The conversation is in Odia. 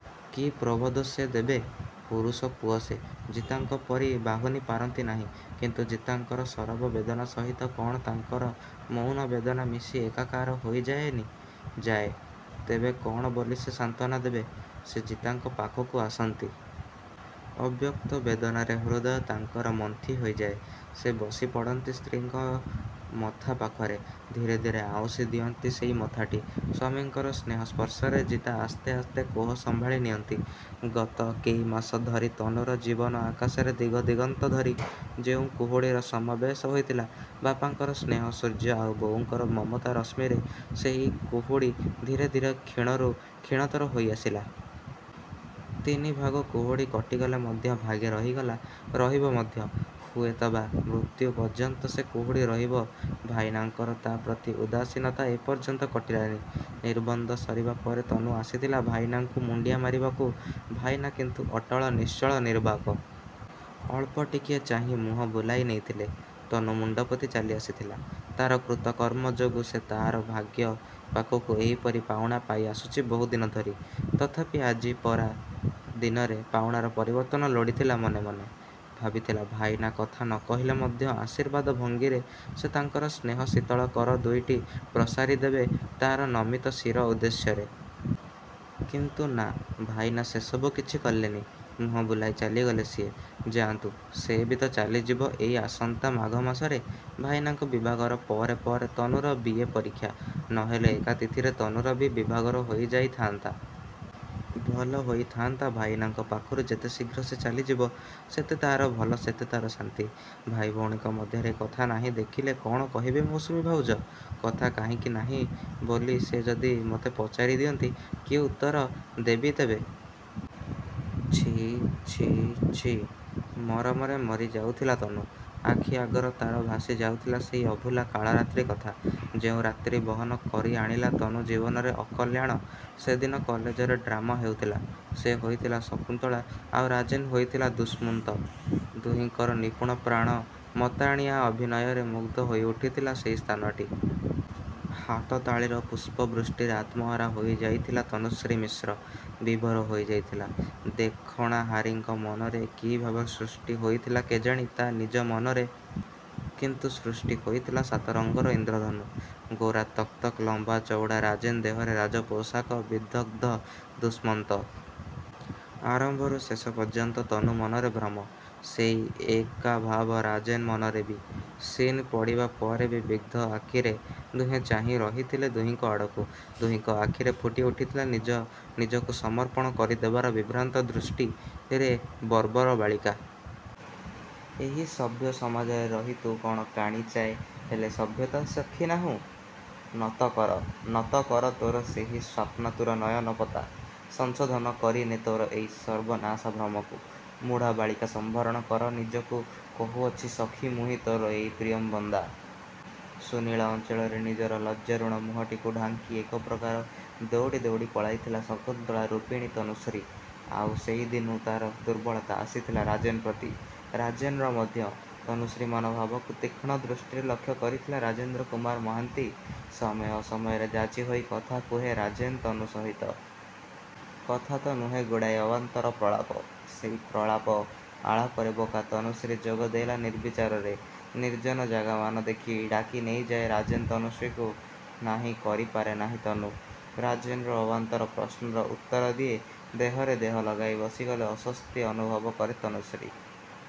କି ପ୍ରବୋଧ ସେ ଦେବେ? ପୁରୁଷ ପୁଅ ସେ, ଜିତାଙ୍କ ପରି ବାହୁନିପାରନ୍ତି ନାହିଁ; କିନ୍ତୁ ଜିତାଙ୍କର ସରବ ବେଦନା ସହିତ କ'ଣ ତାଙ୍କର ମଉନ ବେଦନା ମିଶି ଏକାକାର ହୋଇଯାଏନି? ଯାଏ। ତେବେ କ'ଣ ବୋଲି ସେ ସାନ୍ତ୍ୱନା ଦେବେ? ସେ ଜିତାଙ୍କ ପାଖକୁ ଆସନ୍ତି। ଅବ୍ୟକ୍ତ ବେଦନାରେ ହୃଦୟ ତାଙ୍କର ମନ୍ଥି ହୋଇଯାଏ। ସେ ବସିପଡ଼ନ୍ତି ସ୍ତ୍ରୀଙ୍କ ମଥା ପାଖରେ। ଧୀରେ ଧୀରେ ଆଉଁସି ଦିଅନ୍ତି ସେଇ ମଥାଟି। ସ୍ୱାମୀଙ୍କର ସ୍ନେହ ସ୍ପର୍ଶରେ ଜିତା ଆସ୍ତେ ଆସ୍ତେ କୋହ ସମ୍ଭାଳି ନିଅନ୍ତି। ଗତ କେଇମାସ ଧରି ତନୁର ଜୀବନ ଆକାଶରେ ଦିଗ ଦିଗନ୍ତ ଧରି ଯେଉଁ କୁହୁଡ଼ିର ସମାବେଶ ହୋଇଥିଲା ବାପାଙ୍କର ସ୍ନେହ ସୂର୍ଯ୍ୟ, ଆଉ ବୋଉଙ୍କର ମମତା ରଶ୍ମିରେ ସେଇ କୁହୁଡ଼ି ଧୀରେ ଧୀରେ କ୍ଷୀଣରୁ କ୍ଷୀଣତର ହୋଇଆସିଲା। ତିନିଭାଗ କୁହୁଡ଼ି କଟିଗଲେ ମଧ୍ୟ ଭାଗେ ରହିଗଲା। ରହିବ ମଧ୍ୟ। ହୁଏତ ବା, ମୃତ୍ୟୁ ପର୍ଯ୍ୟନ୍ତ ସେ କୁହୁଡ଼ି ରହିବ। ଭାଇନାଙ୍କର ତା' ପ୍ରତି ଉଦାସୀନତା ଏପର୍ଯ୍ୟନ୍ତ କଟିଲାନି। ନିର୍ବନ୍ଧ ସରିବା ପରେ ତନୁ ଆସିଥିଲା ଭାଇନାଙ୍କୁ ମୁଣ୍ଡିଆ ମାରିବାକୁ। ଭାଇନା କିନ୍ତୁ ଅଟଳ, ନିଶ୍ଚଳ, ନିର୍ବାକ। ଅଳ୍ପଟିକିଏ ଚାହିଁ ମୁହଁବୁଲାଇ ନେଇଥିଲେ। ତନୁ ମୁଣ୍ଡପୋତି ଚାଲିଆସିଥିଲା। ତା'ର କୃତକର୍ମ ଯୋଗୁଁ ସେ ତା'ର ଭାଗ୍ୟ ପାଖକୁ ଏହିପରି ପାଉଣା ପାଇଆସୁଛି ବହୁଦିନ ଧରି। ତଥାପି ଆଜି ପରା ଦିନରେ ପାଉଣାର ପରିବର୍ତ୍ତନ ଲୋଡ଼ିଥିଲା ମନେ ମନେ। ଭାବିଥିଲା ଭାଇନା କଥା ନକହିଲେ ମଧ୍ୟ ଆଶୀର୍ବାଦ ଭଙ୍ଗୀରେ ସେ ତାଙ୍କର ସ୍ନେହ ଶୀତଳ କର ଦୁଇଟି ପ୍ରସାରି ଦେବେ ତା'ର ନମିତ ଶିର ଉଦ୍ଦେଶ୍ୟରେ। କିନ୍ତୁ ନା ଭାଇନା ସେ ସବୁ କିଛି କଲେନି। ମୁହଁ ବୁଲାଇ ଚାଲିଗଲେ ସିଏ। ଯାଆନ୍ତୁ। ସେ ବି ତ ଚାଲିଯିବ ଏଇ ଆସନ୍ତା ମାଘ ମାସରେ। ଭାଇନାଙ୍କ ବିଭାଘର ପରେ ପରେ ତନୁର ବି. ଏ. ପରୀକ୍ଷା। ନହେଲେ ଏକା ତିଥିରେ ତନୁର ବି ବିଭାଘର ହୋଇଯାଇଥାଆନ୍ତା। ଭଲ ହୋଇଥାଆନ୍ତା ଭାଇନାଙ୍କ ପାଖରୁ ଯେତେଶୀଘ୍ର ସେ ଚାଲିଯିବ ସେତେ ତା'ର ଭଲ ସେତେ ତା'ର ଶାନ୍ତି। ଭାଇଭଉଣୀଙ୍କ ମଧ୍ୟରେ କଥା ନାହିଁ ଦେଖିଲେ କ'ଣ କହିବେ ମୌସୁମୀ ଭାଉଜ। କଥା କାହିଁକି ନାହିଁ ବୋଲି ସେ ଯଦି ମତେ ପଚାରିଦିଅନ୍ତି, କି ଉତ୍ତର ଦେବି ତେବେ? ଛି, ଛି, ଛି। ମରମରେ ମରିଯାଉଥିଲା ତନୁ। ଆଖିଆଗର ତା'ର ଭାସିଯାଉଥିଲା ସେଇ ଅଭୁଲା କାଳରାତ୍ରି କଥା। ଯେଉଁ ରାତ୍ରୀ ବହନ କରିଆଣିଲା ତନୁ ଜୀବନରେ ଅକଲ୍ୟାଣ। ସେଦିନ କଲେଜରେ ଡ୍ରାମା ହେଉଥିଲା। ସେ ହୋଇଥିଲା ଶକୁନ୍ତଳା, ଆଉ ରାଜେନ୍ ହୋଇଥିଲା ଦୁଷ୍ମନ୍ତ। ଦୁହିଁଙ୍କର ନିପୁଣ ପ୍ରାଣ ମତାଣିଆ ଅଭିନୟରେ ମୁଗ୍ଧ ହୋଇଉଠିଥିଲା ସେଇ ସ୍ଥାନଟି। ହାତ ତାଳିର ପୁଷ୍ପ ବୃଷ୍ଟିରେ ଆତ୍ମହରା ହୋଇଯାଇଥିଲା ତନୁଶ୍ରୀ ମିଶ୍ର, ବିଭୋର ହୋଇଯାଇଥିଲା। ଦେଖଣାହାରୀଙ୍କ ମନରେ କି ଭାବ ସୃଷ୍ଟି ହୋଇଥିଲା କେଜାଣି ତା' ନିଜ ମନରେ କିନ୍ତୁ ସୃଷ୍ଟି ହୋଇଥିଲା ସାତରଙ୍ଗର ଇନ୍ଦ୍ରଧନୁ। ଗୋରା ତକ୍ ତକ୍ ଲମ୍ୱା ଚଉଡ଼ା ରାଜେନ୍ ଦେହରେ ରାଜପୋଷାକ ବିଦଗ୍ଧ ଦୁଷ୍ମନ୍ତ। ଆରମ୍ଭରୁ ଶେଷ ପର୍ଯ୍ୟନ୍ତ ତନୁ ମନରେ ଭ୍ରମ। ସେଇ ଏକାଭାବ ରାଜେନ୍ ମନରେ ବି। ସିନ୍ ପଡ଼ିବା ପରେ ବି ବିଗ୍ଧ ଆଖିରେ ଦୁହେଁ ଚାହିଁ ରହିଥିଲେ ଦୁହିଁଙ୍କ ଆଡ଼କୁ। ଦୁହିଁଙ୍କ ଆଖିରେ ଫୁଟିଉଠିଥିଲା ନିଜ ନିଜକୁ ସମର୍ପଣ କରିଦେବାର ବିଭ୍ରାନ୍ତ ଦୃଷ୍ଟି। ରେ ବର୍ବର ବାଳିକା! ଏହି ସଭ୍ୟ ସମାଜରେ ରହି ତୁ କ'ଣ କାଣିଚାଏ ହେଲେ ସଭ୍ୟତା ଶଖିନାହୁଁ? ନତ କର, ନତ କର ତୋର ସେହି ସ୍ୱାପ୍ନାତୁର ନୟନପତା। ସଂଶୋଧନ କରିନେ ତୋର ଏଇ ସର୍ବନାଶା ଭ୍ରମକୁ। ମୂଢ଼ ବାଳିକା ସମ୍ୱରଣ କର ନିଜକୁ କହୁଅଛି ସଖୀ ମୁହିଁ ତୋର ଏଇ ପ୍ରିୟମ୍ୱଦା। ସୁନୀଳ ଅଞ୍ଚଳରେ ନିଜର ଲଜ୍ଜାରୁଣ ମୁହଁଟିକୁ ଢାଙ୍କି ଏକପ୍ରକାର ଦଉଡ଼ି ଦଉଡ଼ି ପଳାଇଥିଲା ଶକୁନ୍ତଳା ରୁପିଣୀ ତନୁଶ୍ରୀ। ଆଉ ସେଇଦିନୁଁ ତା'ର ଦୁର୍ବଳତା ଆସିଥିଲା ରାଜେନ୍ ପ୍ରତି। ରାଜେନ୍ ର ମଧ୍ୟ। ତନୁଶ୍ରୀ ମନଭାବକୁ ତୀକ୍ଷ୍ଣ ଦୃଷ୍ଟିରେ ଲକ୍ଷ୍ୟ କରିଥିଲା ରାଜେନ୍ଦ୍ର କୁମାର ମହାନ୍ତି। ସମୟ ଅସମୟରେ ଯାଚିହୋଇ କଥା କୁହେ ରାଜେନ୍ ତନୁ ସହିତ। କଥା ତ ନୁହେଁ ଗୁଡ଼ାଏ ଅବାନ୍ତର ପ୍ରଳାପ। ସେଇ ପ୍ରଳାପ ଆଳାପରେ ବୋକା ତନୁଶ୍ରୀ ଯୋଗଦେଲା ନିର୍ବିଚାରରେ। ନିର୍ଜନ ଜାଗାମାନ ଦେଖି ଡାକିନେଇଯାଏ ରାଜେନ୍ ତନୁଶ୍ରୀକୁ। ନାହିଁ କରିପାରେନାହିଁ ତନୁ। ରାଜେନ୍ ର ଅବାନ୍ତର ପ୍ରଶ୍ନର ଉତ୍ତର ଦିଏ। ଦେହରେ ଦେହ ଲଗାଇ ବସିଗଲେ ଅସ୍ୱସ୍ତି ଅନୁଭବ କରେ ତନୁଶ୍ରୀ।